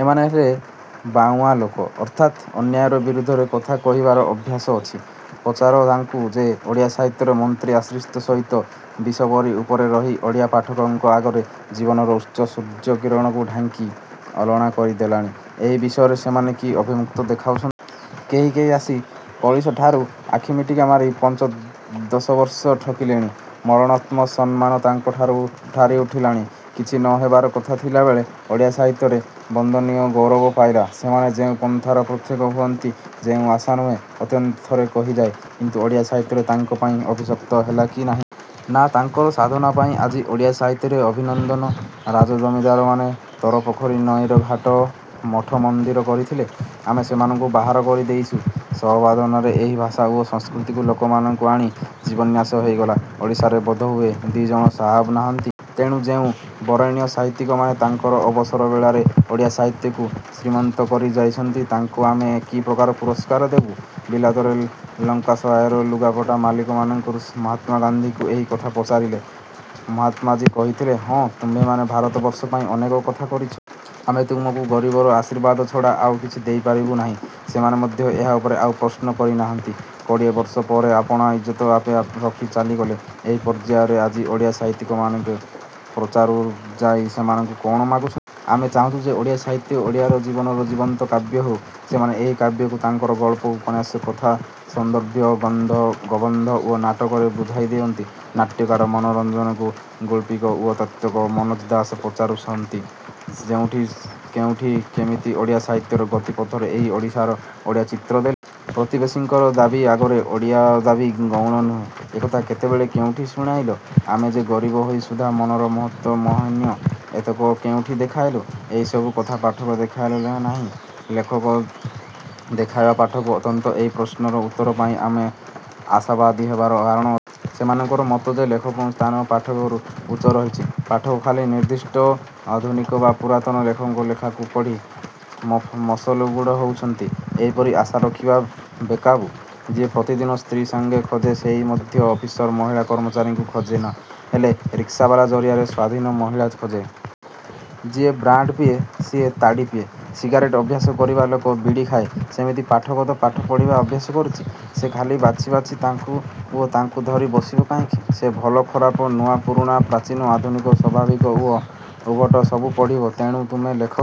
ଏମାନେ ହେଲେ ବାଉଁଆ ଲୋକ–ଅର୍ଥାତ୍ ଅନ୍ୟାୟ ବିରୁଦ୍ଧରେ କଥା କହିବାର ଅଭ୍ୟାସ ଅଛି। ପଚାର ତାଙ୍କୁ ଯେ ଓଡ଼ିଆ ସାହିତ୍ୟିରେ ମନ୍ତ୍ରୀ ଆଶ୍ରିତ ସାହିତ୍ୟ ଯେ ବିଷ ପରି ଉପରେ ରହି ଓଡ଼ିଆ ପାଠକମାନଙ୍କ ଆଗରୁ ଜୀବନର ଉତ୍ସ ସୂର୍ଯ୍ୟ କିରଣକୁ ଢାଙ୍କି ଅଲଗା କରି ଦେଲାଣି–ଏହି ବିଷୟରେ ସେମାନେ କି ଆଭିମୁଖ୍ୟ ଦେଖାଇଛନ୍ତି? କେହି କେହି ଆସି କଳିଷଠାକୁ ଆଖିମିଟିକା ମାରି ପାଞ୍ଚ ଦଶବର୍ଷ ଠକିଲେଣି। ମରଣୋତ୍ତର ସମ୍ମାନ ତାଙ୍କୁ ହାତ ଠାରି ଡାକୁଛି। କିଛି ନ ହେବାର କଥା ଥିଲାବେଳେ ଓଡ଼ିଆ ସାହିତ୍ୟର ବନ୍ଦନୀୟ ହୋଇ ଗୌରବ ପାଇଲେ। ସେମାନେ ଯେଉଁ ପନ୍ଥାର ପଥିକ ହୁଅନ୍ତୁ ଯାଏ ଆସେ ନାହିଁ–ଅନ୍ତତଃ ଥରେ କହିଯାନ୍ତୁ ଓଡ଼ିଆ ସାହିତ୍ୟ ତାଙ୍କପାଇଁ ଅଭିଶପ୍ତ ହେଲା କି ନାହିଁ? ନା, ତାଙ୍କର ସାଧନା ପାଇଁ ଆଜି ଓଡ଼ିଆ ସାହିତ୍ୟ ଅଭିନନ୍ଦିତ? ରାଜା ଜମିଦାରମାନେ ତୋଟା, ପୋଖରୀ, ନଈରେ ଘାଟ, ମଠ ମନ୍ଦିର କରିଥିଲେ। ଆମେ ସେମାନଙ୍କୁ ବାହାର କରି ଦେଇଛୁ। ସାହାବମାନେ ଏହି ଭାଷା ଓ ସଂସ୍କୃତିକୁ ଲୋକଲୋଚନକୁ ଆଣି ଜୀବନ୍ୟାସ ଦେଇଥିଲେ। ଓଡ଼ିଶାରେ ବୋଧହୁଏ ଦି'ଜଣ ସାହାବ ନାହାନ୍ତି-। ତେଣୁ ଯେଉଁ ବରେଣ୍ୟ ସାହିତ୍ୟିକମାନେ ତାଙ୍କର ଅବସର ବେଳାରେ ଓଡ଼ିଆ ସାହିତ୍ୟକୁ ଶ୍ରୀମନ୍ତ କରି ଯାଇଛନ୍ତି ତାଙ୍କୁ ଆମେ କି ପ୍ରକାର ପୁରସ୍କାର ଦେବୁ? ବିଲାତର ଲାଙ୍କାସାୟାରର ଲୁଗାକଳ ମାଲିକମାନେ ମହାତ୍ମା ଗାନ୍ଧୀଙ୍କୁ ଏହି କଥା ପଚାରିଥିଲେ। ମହାତ୍ମାଜୀ କହିଥିଲେ–ହଁ, ତମେମାନେ ଭାରତବର୍ଷ ପାଇଁ ଅନେକ କଥା କରିଛ। ଆମେ ତୁମକୁ ଗରିବର ଆଶୀର୍ବାଦ ଛଡ଼ା ଆଉ କିଛି ଦେଇପାରିବୁ ନାହିଁ। ସେମାନେ ମଧ୍ୟ ଏହା ଉପରେ ଆଉ ପ୍ରଶ୍ନ କରି ନାହାନ୍ତି। କୋଡ଼ିଏବର୍ଷ ପରେ ଆପଣା ଇଜ୍ଜତ ଆପେ ରଖି ଚାଲିଗଲେ। ଏହି ପର୍ଯ୍ୟାୟରେ ଆଜି ଓଡ଼ିଆ ସାହିତ୍ୟିକମାନଙ୍କୁ ପଚରାଯାଉ ସେମାନେ କ'ଣ ମାଗୁଛନ୍ତି? ଆମେ ଚାହୁଁଛୁ ଯେ ଓଡ଼ିଆ ସାହିତ୍ୟ। ଓଡ଼ିଆଙ୍କର ଜୀବନରେ ଜୀବନ୍ତ କାବ୍ୟ ହେଉ। ସେମାନେ ଏହି କାବ୍ୟକୁ ତାଙ୍କର ଗଳ୍ପ, ଉପନ୍ୟାସ, କବିତା, ସନ୍ଦର୍ଭ, ନିବନ୍ଧ ଓ ନାଟକରେ ବୁଝାଇ ଦିଅନ୍ତୁ। ନାଟ୍ୟକାର ମନୋରଞ୍ଜନଙ୍କୁ ଓ ଗାଳ୍ପିକ ଓ ତାତ୍ତ୍ୱିକ ମନୋଜ ଦାସଙ୍କୁ ପଚରାଯାଉ। ସେମାନେ କେଉଁଠି କେମିତି ଓଡ଼ିଆ ସାହିତ୍ୟର ଗତି ପଥରେ ଏହି ଓଡ଼ିଶାର ଓଡ଼ିଆ ଚିତ୍ର ଦେଲେ-। ପ୍ରତିବେଶୀଙ୍କର ଦାବୀ ଆଗରେ ଓଡ଼ିଶାର ଦାବୀ ଗୌଣ ନୁହେଁ–ଏକଥା କେତେବେଳେ କେଉଁଠି ଶୁଣାଇଲେ? ଆମେ ଯେ ଗରିବ ହୋଇ ସୁଦ୍ଧା ମନର ମହତ୍ତ୍ୱରେ ମହୀୟାନ–ଏତକ କେଉଁଠି ଦେଖାଇଲେ? ଏହି ସବୁ କ'ଣ ପାଠକ ଦେଖାଇବ ଲେଖକଙ୍କୁ–ନା, ଲେଖକ ଦେଖାଇବ ପାଠକକୁ? ଅନ୍ତତ ଏଇ ପ୍ରଶ୍ନର ଉତ୍ତର ପାଇଁ ଆମେ ଆଶାବାଦୀ ହେବାର କାରଣ ଅଛି। ସେମାନଙ୍କର ମତ ଯେ ଲେଖକର ସ୍ଥାନ ପାଠକଠାରୁ ଉଚ୍ଚରେ ରହିଛି। ପାଠକ ଖାଲି ନିର୍ଦ୍ଦିଷ୍ଟ ଆଧୁନିକ ବା ପୁରାତନ ଲେଖକର ଲେଖାକୁ ପଢ଼ି ମସଗୁଲ ହେଉଥିବ–ଏପରି ଆଶା ରଖିବା ବେକୁବି। ଯିଏ ପ୍ରତିଦିନ ସ୍ତ୍ରୀ'ସଙ୍ଗ ଖୋଜେ ସେହି ମଧ୍ୟ ଅଫିସର ମହିଳା କର୍ମଚାରୀକୁ ଖୋଜେ ନ ହେଲେ ରିକ୍ସାବାଲା ଜରିଆରେ ସ୍ୱାଧୀନା ମହିଳା ଖୋଜେ। ଯିଏ ବ୍ରାଣ୍ତି ପିଏ ସେହି ତାଡ଼ି ପିଏ। ସିଗାରେଟ୍ ଅଭ୍ୟାସ କରିବା ଲୋକ ବିଡ଼ି ଖାଏ। ସେମିତି ପାଠକ ତ' ପଢ଼ିବା ଅଭ୍ୟାସ କରିଛି–ସେ ଖାଲି ବାଛି ବାଛି ତମେ ଓ ତାଙ୍କୁ ଧରି ବସିବ କାହିଁକି? ସେ ଭଲ ଖରାପ, ନୂଆ ପୂରୁଣା, ପ୍ରାଚୀନ ଆଧୁନିକ, ସ୍ୱାଭାବିକ ଓ ଉଦ୍ଭଟ ସବୁ ପଢ଼ିବ। ତେଣୁ ତମେ ଲେଖକ